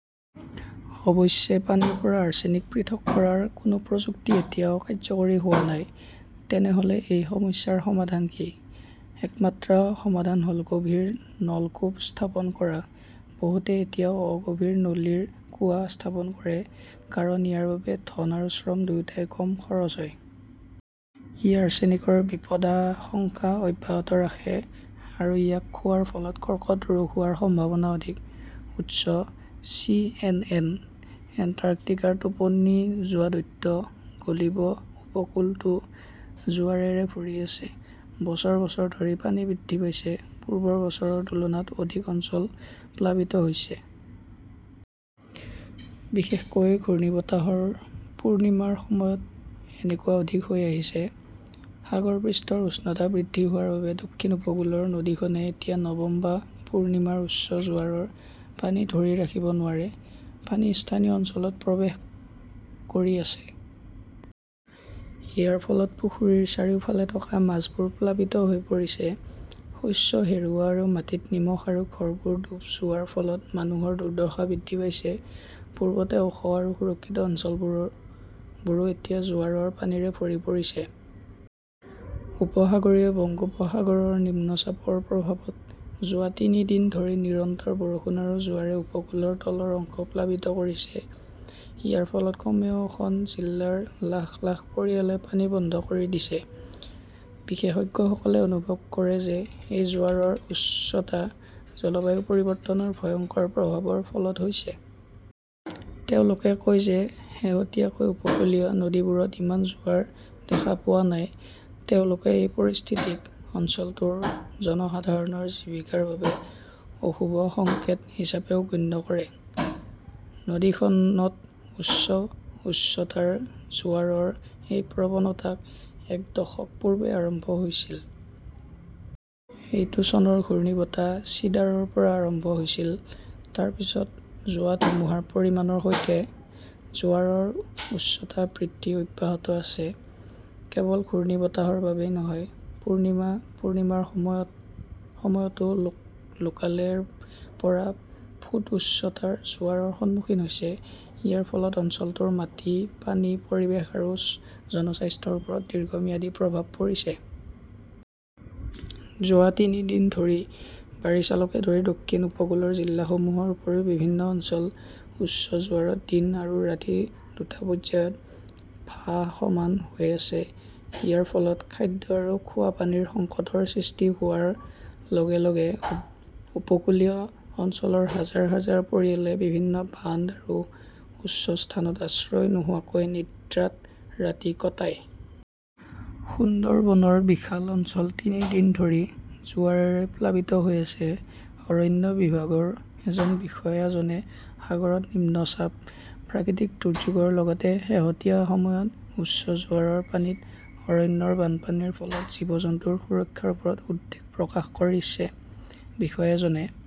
অৱশ্যে, পানীৰ পৰা আৰ্ছেনিক পৃথক কৰাৰ কোনো প্ৰযুক্তি এতিয়াও কাৰ্যকৰী হোৱা নাই। তেনেহ "লে এই সমস্যাৰ সমাধান কি? একমাত্ৰ সমাধান হ "ল গভীৰ নলকূপ স্থাপন কৰা। বহুতে এতিয়াও অগভীৰ নলীৰ কুঁৱা স্থাপন কৰে কাৰণ ইয়াৰ বাবে ধন আৰু শ্ৰম দুয়োটাই কম খৰচ হয়। ই আৰ্ছেনিকৰ বিপদাশংকা অব্যাহত ৰাখে, আৰু ইয়াক খোৱাৰ ফলত কৰ্কট ৰোগ হোৱাৰ সম্ভাৱনা অধিক। উৎসঃ চিএনএন। এণ্টাৰ্কটিকাৰ 'টোপনি যোৱা দৈত্য' গলিব উপকূলটো জোৱাৰেৰে ভৰি আছে। বছৰ বছৰ ধৰি পানী বৃদ্ধি পাইছে, পূৰ্বৰ বছৰৰ তুলনাত অধিক অঞ্চল প্লাবিত হৈছে। বিশেষকৈ ঘূৰ্ণীবতাহৰ পূৰ্ণিমাৰ সময়ত এনেকুৱা অধিক হৈ আহিছে। সাগৰ পৃষ্ঠৰ উচ্চতা বৃদ্ধি হোৱাৰ বাবে দক্ষিণ উপকূলৰ নদীখনে এতিয়া নৱম বা পূৰ্ণিমাৰ উচ্চ জোৱাৰৰ পানী ধৰি ৰাখিব নোৱাৰে। পানী স্থানীয় অঞ্চলত প্ৰৱেশ কৰি আছে। ইয়াৰ ফলত পুখুৰীৰ চাৰিওফালে থকা মাছবোৰ প্লাবিত হৈ পৰিছে; শস্য হেৰুওৱা আৰু মাটিত নিমখ আৰু ঘৰবোৰ ডুব যোৱাৰ ফলত মানুহৰ দুৰ্দশা বৃদ্ধি পাইছে। পূৰ্বতে ওখ আৰু সুৰক্ষিত অঞ্চলবোৰো এতিয়া জোৱাৰৰ পানীৰে ভৰি পৰিছে। উপসাগৰীয় বংগোপসাগৰৰ নিম্নচাপৰ প্ৰভাৱত যোৱা তিনি দিন ধৰি নিৰন্তৰ বৰষুণ আৰু জোৱাৰে উপকূলৰ তলৰ অংশ প্লাবিত কৰিছে। ইয়াৰ ফলত কমেও খন জিলাৰ লাখ লাখ পৰিয়ালে পানী বন্ধ কৰি দিছে। বিশেষজ্ঞসকলে অনুভৱ কৰে যে এই জোৱাৰৰ উচ্চতা জলবায়ু পৰিৱৰ্তনৰ ভয়ংকৰ প্ৰভাৱৰ ফলত হৈছে। তেওঁলোকে কয় যে শেহতীয়াকৈ উপকূলীয় নদীবোৰত ইমান জোৱাৰ দেখা পোৱা নাই। তেওঁলোকে এই পৰিস্থিতিক অঞ্চলটোৰ জনসাধাৰণৰ জীৱিকাৰ বাবে অশুভ সংকেত হিচাপেও গণ্য কৰে। নদীখনত উচ্চ উচ্চতাৰ জোৱাৰৰ এই প্ৰৱণতা এক দশক পূৰ্বে আৰম্ভ হৈছিল। এইটো চনৰ ঘূৰ্ণীবতাহ চিডাৰৰ পৰা আৰম্ভ হৈছিল। তাৰ পিছত হোৱা ধুমুহাৰ পৰিমাণৰ সৈতে, জোৱাৰৰ উচ্চতা বৃদ্ধি অব্যাহত আছে। কেৱল ঘূৰ্ণীবতাহৰ বাবেই নহয়, পূৰ্ণিমা-পূৰ্ণিমাৰ সময়তও লোকালে ৰ পৰা ফুট উচ্চতাৰ জোৱাৰৰ সন্মুখীন হৈছে। ইয়াৰ ফলত অঞ্চলটোৰ মাটি, পানী, পৰিৱেশ আৰু জনস্বাস্থ্যৰ ওপৰত দীৰ্ঘম্যাদী প্ৰভাৱ পৰিছে। যোৱা তিনি দিন ধৰি বাৰিছালকে ধৰি দক্ষিণ উপকূলৰ জিলাসমূহৰ উপৰিও বিভিন্ন অঞ্চল উচ্চ জোৱাৰত দিন আৰু ৰাতি দুটা পৰ্যায়ত ভাসমান হৈ আছে। ইয়াৰ ফলত খাদ্য আৰু খোৱা পানীৰ সংকটৰ সৃষ্টি হোৱাৰ লগে লগে উপকূলীয় অঞ্চলৰ হাজাৰ হাজাৰ পৰিয়ালে বিভিন্ন বান্ধ আৰু উচ্চ স্থানত আশ্ৰয় নোহোৱাকৈ নিদ্ৰাত ৰাতি কটায়। সুন্দৰবনৰ বিশাল অঞ্চল তিনি দিন ধৰি জোৱাৰেৰে প্লাবিত হৈ আছে। অৰণ্য বিভাগৰ এজন বিষয়াজনে সাগৰত নিম্ন চাপ, প্ৰাকৃতিক দুৰ্যোগৰ লগতে শেহতীয়া সময়ত উচ্চ জোৱাৰৰ পানীত অৰণ্যৰ বানপানীৰ ফলত জীৱ-জন্তুৰ সুৰক্ষাৰ ওপৰত উদ্বেগ প্ৰকাশ কৰিছে। বিষয়াজনে